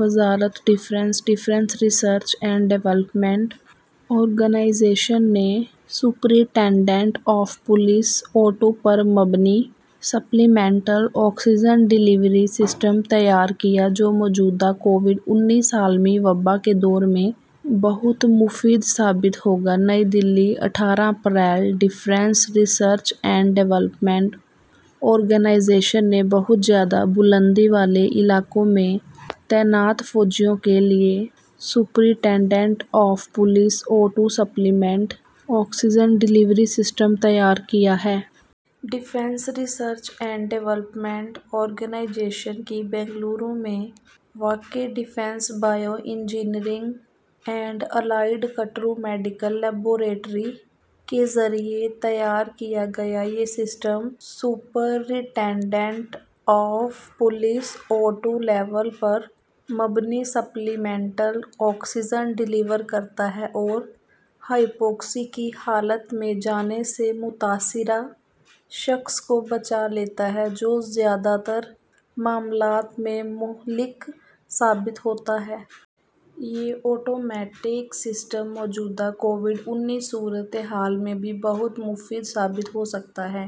وزارت دفاع D R D O نے ایس پی او ٹو پر مبنی سپلیمنٹل آکسیجن ڈلیوری سسٹم تیار کیا، جو موجودہ کووڈ-انیس عالمی وبا کے دور میں بہت مفید ثابت ہوگا۔ نئی دہلی، اٹھارہ April: Defence Research and Development Organisation نے بہت زیادہ بلندی والے علاقوں میں تعینات فوجیوں کے لیے S P O two supplemental oxygen delivery system تیار کیا ہے۔ ڈی آر ڈی او کی بنگلورو میں واقع defence bio engineering and electro medical laboratory کے ذریعے تیار کیا گیا یہ system S P O two level پر مبنی سپلیمنٹل آکسیجن ڈلیور کرتا ہے اور ہائپوکسیا کی حالت میں جانے سے متاثرہ شخص کو بچا لیتا ہے، جو زیادہ تر معاملات میں مہلک ثابت ہوتا ہے۔ یہ آٹومیٹک سسٹم موجودہ کووڈ-انیس صورتحال میں بھی بہت مفید ثابت ہوسکتا ہے۔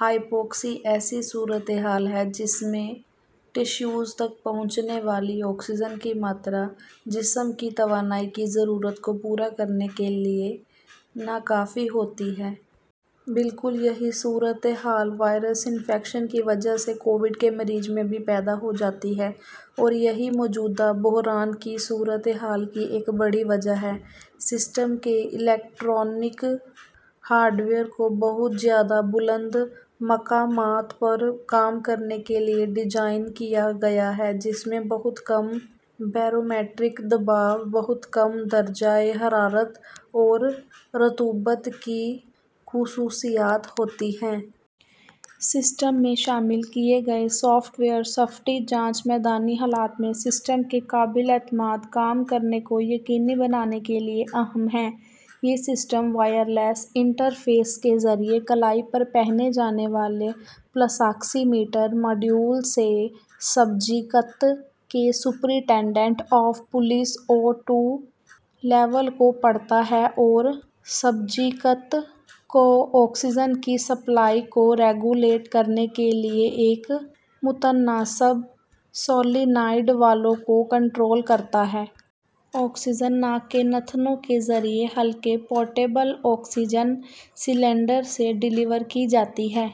ہائپوکسیا ایسی صورتحال ہے جس میں ٹشوز تک پہنچنے والی آکسیجن کی مقدار جسم کی توانائی کی ضرورت کو پورا کرنے کے لیے ناکافی ہوتی ہے۔ بالکل یہی صورتحال وائرس انفیکشن کی وجہ سے کووڈ کے مریض میں بھی پیدا ہوجاتی ہے اور یہی موجودہ بحران کی صورتحال کی ایک بڑی وجہ ہے۔ سسٹم کے الیکٹرانک ہارڈ ویئر کو بہت زیادہ بلند مقامات پر کام کرنے کے لیے ڈیزائن کیا گیا ہے، جس میں بہت کم بیرو میٹرک دباؤ، بہت کم درجہ حرارت اور رطوبت کی خصوصیات ہوتی ہیں۔ سسٹم میں شامل کیے گئے سافٹ ویئر سیفٹی جانچ میدانی حالات میں سسٹم کے قابلِ اعتماد کام کرنے کو یقینی بنانے کے لیے اہم ہے۔ یہ سسٹم وائرلیس انٹرفیس کے ذریعے کلائی پر پہنے جانے والے پلس آکسی میٹر ماڈیول سے سبجیکٹ کے S P O two level کو پڑھتا ہے اور سبجیکٹ کو آکسیجن کی سپلائی کو ریگولیٹ کرنے کے لیے ایک متناسب سولینائڈ والو کو کنٹرول کرتا ہے۔ آکسیجن ناک کے نتھنوں کے ذریعے ہلکے پورٹیبل آکسیجن سلنڈر سے ڈلیور کی جاتی ہے۔